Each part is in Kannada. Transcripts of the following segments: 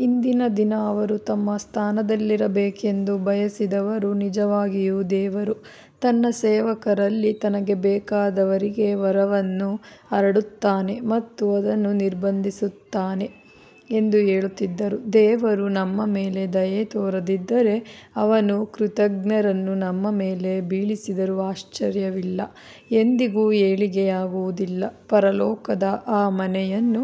ಹಿಂದಿನ ದಿನ ಅವರು ತಮ್ಮ ಸ್ಥಾನದಲ್ಲಿರಬೇಕೆಂದು ಬಯಸಿದವರು ನಿಜವಾಗಿಯೂ ದೇವರು ತನ್ನ ಸೇವಕರಲ್ಲಿ ತನಗೆ ಬೇಕಾದವರಿಗೆ ವರವನ್ನು ಹರಡುತ್ತಾನೆ ಮತ್ತು ಅದನ್ನು ನಿರ್ಬಂಧಿಸುತ್ತಾನೆ ಎಂದು ಹೇಳುತ್ತಿದ್ದರು, ದೇವರು ನಮ್ಮ ಮೇಲೆ ದಯೆ ತೋರದಿದ್ದರೆ ಅವನು ಕೃತಘ್ನರನ್ನು ನಮ್ಮ ಮೇಲೆ ಬೀಳಿಸಿದರೂ ಆಶ್ಚರ್ಯವಿಲ್ಲ. ಎಂದಿಗೂ ಏಳಿಗೆಯಾಗುವುದಿಲ್ಲ ಪರಲೋಕದ ಆ ಮನೆಯನ್ನು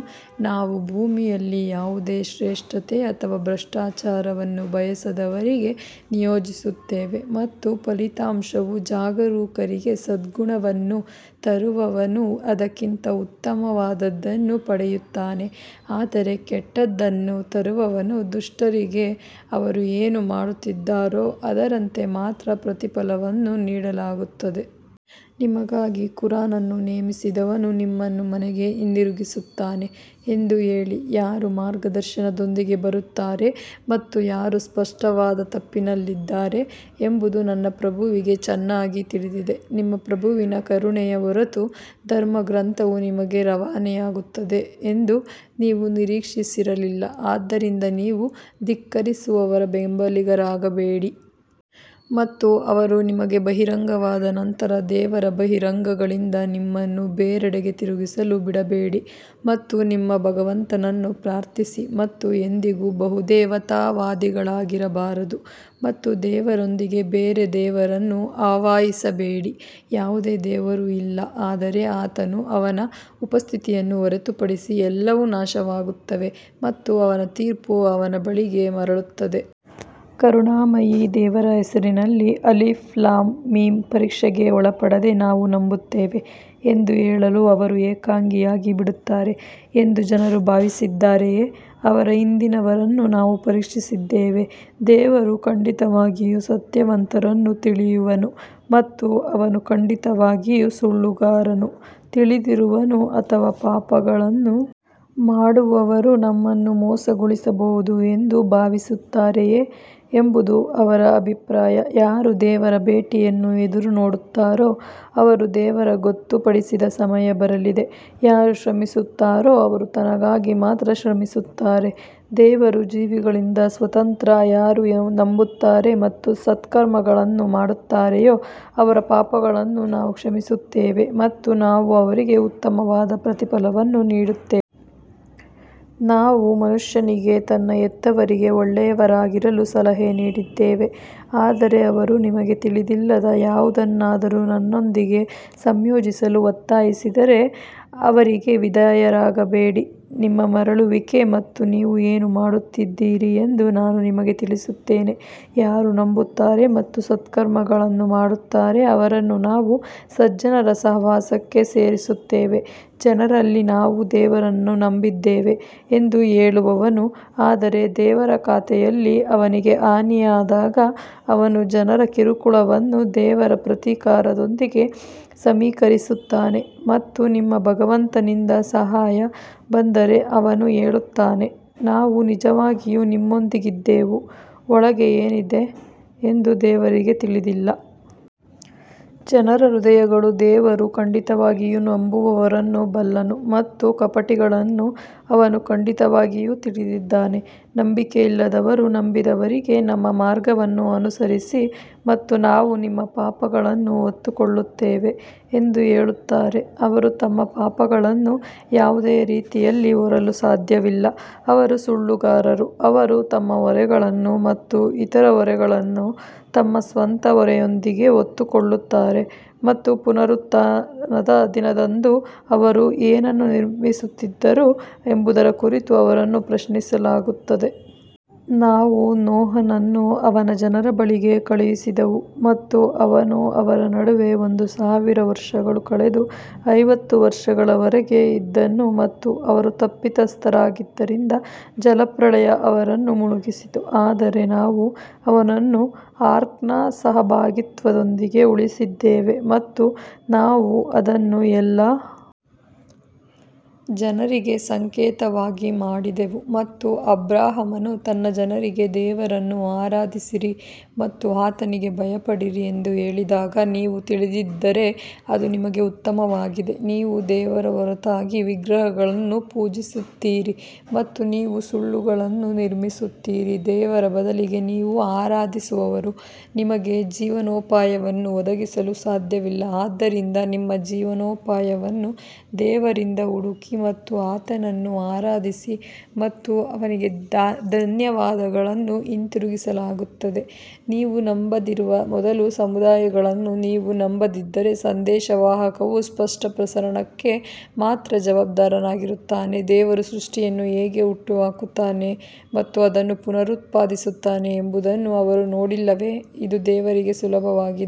ನಾವು ಭೂಮಿಯಲ್ಲಿ ಯಾವುದೇ ಶ್ರೇಷ್ಠತೆ ಅಥವಾ ಭ್ರಷ್ಟಾಚಾರವನ್ನು ಬಯಸದವರಿಗೆ ನಿಯೋಜಿಸುತ್ತೇವೆ ಮತ್ತು ಫಲಿತಾಂಶವು ಜಾಗರೂಕರಿಗೆ ಸದ್ಗುಣವನ್ನು ತರುವವನು ಅದಕ್ಕಿಂತ ಉತ್ತಮವಾದದ್ದನ್ನು ಪಡೆಯುತ್ತಾನೆ ಆದರೆ ಕೆಟ್ಟದ್ದನ್ನು ತರುವವನು ದುಷ್ಟರಿಗೆ ಅವರು ಏನು ಮಾಡುತ್ತಿದ್ದಾರೋ ಅದರಂತೆ ಮಾತ್ರ ಪ್ರತಿಫಲವನ್ನು ನೀಡಲಾಗುತ್ತದೆ. ನಿಮಗಾಗಿ ಖುರಾನ್ ಅನ್ನು ನೇಮಿಸಿದವನು ನಿಮ್ಮನ್ನು ಮನೆಗೆ ಹಿಂದಿರುಗಿಸುತ್ತಾನೆ ಎಂದು ಹೇಳಿ, ಯಾರು ಮಾರ್ಗದರ್ಶನದೊಂದಿಗೆ ಬರುತ್ತಾರೆ ಮತ್ತು ಯಾರು ಸ್ಪಷ್ಟವಾದ ತಪ್ಪಿನಲ್ಲಿದ್ದಾರೆ ಎಂಬುದು ನನ್ನ ಪ್ರಭುವಿಗೆ ಚೆನ್ನಾಗಿ ತಿಳಿದಿದೆ. ನಿಮ್ಮ ಪ್ರಭುವಿನ ಕರುಣೆಯ ಹೊರತು ಧರ್ಮಗ್ರಂಥವು ನಿಮಗೆ ರವಾನೆಯಾಗುತ್ತದೆ ಎಂದು ನೀವು ನಿರೀಕ್ಷಿಸಿರಲಿಲ್ಲ ಆದ್ದರಿಂದ ನೀವು ಧಿಕ್ಕರಿಸುವವರ ಬೆಂಬಲಿಗರಾಗಬೇಡಿ. ಮತ್ತು ಅವರು ನಿಮಗೆ ಬಹಿರಂಗವಾದ ನಂತರ ದೇವರ ಬಹಿರಂಗಗಳಿಂದ ನಿಮ್ಮನ್ನು ಬೇರೆಡೆಗೆ ತಿರುಗಿಸಲು ಬಿಡಬೇಡಿ ಮತ್ತು ನಿಮ್ಮ ಭಗವಂತನನ್ನು ಪ್ರಾರ್ಥಿಸಿ ಮತ್ತು ಎಂದಿಗೂ ಬಹುದೇವತಾವಾದಿಗಳಾಗಿರಬಾರದು. ಮತ್ತು ದೇವರೊಂದಿಗೆ ಬೇರೆ ದೇವರನ್ನು ಆವಾಹಿಸಬೇಡಿ, ಯಾವುದೇ ದೇವರು ಇಲ್ಲ ಆದರೆ ಆತನು ಅವನ ಉಪಸ್ಥಿತಿಯನ್ನು ಹೊರತುಪಡಿಸಿ ಎಲ್ಲವೂ ನಾಶವಾಗುತ್ತವೆ ಮತ್ತು ಅವನ ತೀರ್ಪು ಅವನ ಬಳಿಗೆ ಮರಳುತ್ತದೆ. ಕರುಣಾಮಯಿ ದೇವರ ಹೆಸರಿನಲ್ಲಿ ಅಲಿಫ್ ಲಾಮ್ ಮೀಮ್ ಪರೀಕ್ಷೆಗೆ ಒಳಪಡದೆ ನಾವು ನಂಬುತ್ತೇವೆ ಎಂದು ಹೇಳಲು ಅವರು ಏಕಾಂಗಿಯಾಗಿ ಬಿಡುತ್ತಾರೆ ಎಂದು ಜನರು ಭಾವಿಸಿದ್ದಾರೆಯೇ ಅವರ ಹಿಂದಿನವರನ್ನು ನಾವು ಪರೀಕ್ಷಿಸಿದ್ದೇವೆ, ದೇವರು ಖಂಡಿತವಾಗಿಯೂ ಸತ್ಯವಂತರನ್ನು ತಿಳಿಯುವನು ಮತ್ತು ಅವನು ಖಂಡಿತವಾಗಿಯೂ ಸುಳ್ಳುಗಾರರನ್ನು ತಿಳಿದಿರುವನು ಅಥವಾ ಪಾಪಗಳನ್ನು ಮಾಡುವವರು ನಮ್ಮನ್ನು ಮೋಸಗೊಳಿಸಬಹುದು ಎಂದು ಭಾವಿಸುತ್ತಾರೆಯೇ ಎಂಬುದು ಅವರ ಅಭಿಪ್ರಾಯ ಯಾರು ದೇವರ ಭೇಟಿಯನ್ನು ಎದುರುನೋಡುತ್ತಾರೋ ಅವರು ದೇವರ ಗೊತ್ತುಪಡಿಸಿದ ಸಮಯ ಬರಲಿದೆ ಯಾರು ಶ್ರಮಿಸುತ್ತಾರೋ ಅವರು ತನಗಾಗಿ ಮಾತ್ರ ಶ್ರಮಿಸುತ್ತಾರೆ ದೇವರು ಜೀವಿಗಳಿಂದ ಸ್ವತಂತ್ರ ಯಾರು ನಂಬುತ್ತಾರೆ ಮತ್ತು ಸತ್ಕರ್ಮಗಳನ್ನು ಮಾಡುತ್ತಾರೆಯೋ ಅವರ ಪಾಪಗಳನ್ನು ನಾವು ಕ್ಷಮಿಸುತ್ತೇವೆ ಮತ್ತು ನಾವು ಅವರಿಗೆ ಉತ್ತಮವಾದ ಪ್ರತಿಫಲವನ್ನು ನೀಡುತ್ತೇವೆ. ನಾವು ಮನುಷ್ಯನಿಗೆ ತನ್ನ ಹೆತ್ತವರಿಗೆ ಒಳ್ಳೆಯವರಾಗಿರಲು ಸಲಹೆ ನೀಡಿದ್ದೇವೆ ಆದರೆ ಅವರು ನಿಮಗೆ ತಿಳಿದಿಲ್ಲದ ಯಾವುದನ್ನಾದರೂ ನನ್ನೊಂದಿಗೆ ಸಂಯೋಜಿಸಲು ಒತ್ತಾಯಿಸಿದರೆ ಅವರಿಗೆ ವಿಧೇಯರಾಗಬೇಡಿ ನಿಮ್ಮ ಮರಳುವಿಕೆ ಮತ್ತು ನೀವು ಏನು ಮಾಡುತ್ತಿದ್ದೀರಿ ಎಂದು ನಾನು ನಿಮಗೆ ತಿಳಿಸುತ್ತೇನೆ. ಯಾರು ನಂಬುತ್ತಾರೆ ಮತ್ತು ಸತ್ಕರ್ಮಗಳನ್ನು ಮಾಡುತ್ತಾರೆ ಅವರನ್ನು ನಾವು ಸಜ್ಜನರ ಸಹವಾಸಕ್ಕೆ ಸೇರಿಸುತ್ತೇವೆ ಜನರಲ್ಲಿ ನಾವು ದೇವರನ್ನು ನಂಬಿದ್ದೇವೆ ಎಂದು ಹೇಳುವವನು, ಆದರೆ ದೇವರ ಖಾತೆಯಲ್ಲಿ ಅವನಿಗೆ ಹಾನಿಯಾದಾಗ ಅವನು ಜನರ ಕಿರುಕುಳವನ್ನು ದೇವರ ಪ್ರತೀಕಾರದೊಂದಿಗೆ ಸಮೀಕರಿಸುತ್ತಾನೆ ಮತ್ತು ನಿಮ್ಮ ಭಗವಂತನಿಂದ ಸಹಾಯ ಬಂದರೆ ಅವನು ಹೇಳುತ್ತಾನೆ ನಾವು ನಿಜವಾಗಿಯೂ ನಿಮ್ಮೊಂದಿಗಿದ್ದೆವು ಒಳಗೆ ಏನಿದೆ ಎಂದು ದೇವರಿಗೆ ತಿಳಿದಿಲ್ಲ. ಜನರ ಹೃದಯಗಳು ದೇವರು ಖಂಡಿತವಾಗಿಯೂ ನಂಬುವವರನ್ನು ಬಲ್ಲನು ಮತ್ತು ಕಪಟಿಗಳನ್ನು ಅವನು ಖಂಡಿತವಾಗಿಯೂ ತಿಳಿದಿದ್ದಾನೆ ನಂಬಿಕೆಯಿಲ್ಲದವರು ನಂಬಿದವರಿಗೆ ನಮ್ಮ ಮಾರ್ಗವನ್ನು ಅನುಸರಿಸಿ ಮತ್ತು ನಾವು ನಿಮ್ಮ ಪಾಪಗಳನ್ನು ಹೊತ್ತುಕೊಳ್ಳುತ್ತೇವೆ ಎಂದು ಹೇಳುತ್ತಾರೆ ಅವರು ತಮ್ಮ ಪಾಪಗಳನ್ನು ಯಾವುದೇ ರೀತಿಯಲ್ಲಿ ಹೊರಲು ಸಾಧ್ಯವಿಲ್ಲ ಅವರು ಸುಳ್ಳುಗಾರರು ಅವರು ತಮ್ಮ ಹೊರೆಗಳನ್ನು ಮತ್ತು ಇತರ ಹೊರೆಗಳನ್ನು ತಮ್ಮ ಸ್ವಂತ ಹೊರೆಯೊಂದಿಗೆ ಹೊತ್ತುಕೊಳ್ಳುತ್ತಾರೆ ಮತ್ತು ಪುನರುತ್ಥಾನದ ದಿನದಂದು ಅವರು ಏನನ್ನು ನಿರ್ಮಿಸುತ್ತಿದ್ದರು ಎಂಬುದರ ಕುರಿತು ಅವರನ್ನು ಪ್ರಶ್ನಿಸಲಾಗುತ್ತದೆ. ನಾವು ನೋಹನನ್ನು ಅವನ ಜನರ ಬಳಿಗೆ ಕಳುಹಿಸಿದೆವು ಮತ್ತು ಅವನು ಅವರ ನಡುವೆ ಒಂದು ಸಾವಿರ ವರ್ಷಗಳು ಕಳೆದು ಐವತ್ತು ವರ್ಷಗಳವರೆಗೆ ಇದ್ದನು ಮತ್ತು ಅವರು ತಪ್ಪಿತಸ್ಥರಾಗಿದ್ದರಿಂದ ಜಲಪ್ರಳಯ ಅವರನ್ನು ಮುಳುಗಿಸಿತು. ಆದರೆ ನಾವು ಅವನನ್ನು ಆರ್ಕ್ನ ಸಹಭಾಗಿತ್ವದೊಂದಿಗೆ ಉಳಿಸಿದ್ದೇವೆ ಮತ್ತು ನಾವು ಅದನ್ನು ಎಲ್ಲಾ ಜನರಿಗೆ ಸಂಕೇತವಾಗಿ ಮಾಡಿದೆವು ಮತ್ತು ಅಬ್ರಹಾಮನು ತನ್ನ ಜನರಿಗೆ ದೇವರನ್ನು ಆರಾಧಿಸಿರಿ ಮತ್ತು ಆತನಿಗೆ ಭಯಪಡಿರಿ ಎಂದು ಹೇಳಿದಾಗ ನೀವು ತಿಳಿದಿದ್ದರೆ ಅದು ನಿಮಗೆ ಉತ್ತಮವಾಗಿದೆ ನೀವು ದೇವರ ಹೊರತಾಗಿ ವಿಗ್ರಹಗಳನ್ನು ಪೂಜಿಸುತ್ತೀರಿ ಮತ್ತು ನೀವು ಸುಳ್ಳುಗಳನ್ನು ನಿರ್ಮಿಸುತ್ತೀರಿ ದೇವರ ಬದಲಿಗೆ ನೀವು ಆರಾಧಿಸುವವರು ನಿಮಗೆ ಜೀವನೋಪಾಯವನ್ನು ಒದಗಿಸಲು ಸಾಧ್ಯವಿಲ್ಲ ಆದ್ದರಿಂದ ನಿಮ್ಮ ಜೀವನೋಪಾಯವನ್ನು ದೇವರಿಂದ ಹುಡುಕಿ ಮತ್ತು ಆತನನ್ನು ಆರಾಧಿಸಿ ಮತ್ತು ಅವನಿಗೆ ಧನ್ಯವಾದಗಳನ್ನು ಹಿಂತಿರುಗಿಸಲಾಗುತ್ತದೆ ನೀವು ನಂಬದಿರುವ ಮೊದಲು ಸಮುದಾಯಗಳನ್ನು ನೀವು ನಂಬದಿದ್ದರೆ, ಸಂದೇಶವಾಹಕವು ಸ್ಪಷ್ಟ ಪ್ರಸರಣಕ್ಕೆ ಮಾತ್ರ ಜವಾಬ್ದಾರನಾಗಿರುತ್ತಾನೆ ದೇವರು ಸೃಷ್ಟಿಯನ್ನು ಹೇಗೆ ಹುಟ್ಟುಹಾಕುತ್ತಾನೆ ಮತ್ತು ಅದನ್ನು ಪುನರುತ್ಪಾದಿಸುತ್ತಾನೆ ಎಂಬುದನ್ನು ಅವರು ನೋಡಿಲ್ಲವೇ ಇದು ದೇವರಿಗೆ ಸುಲಭವಾಗಿದೆ.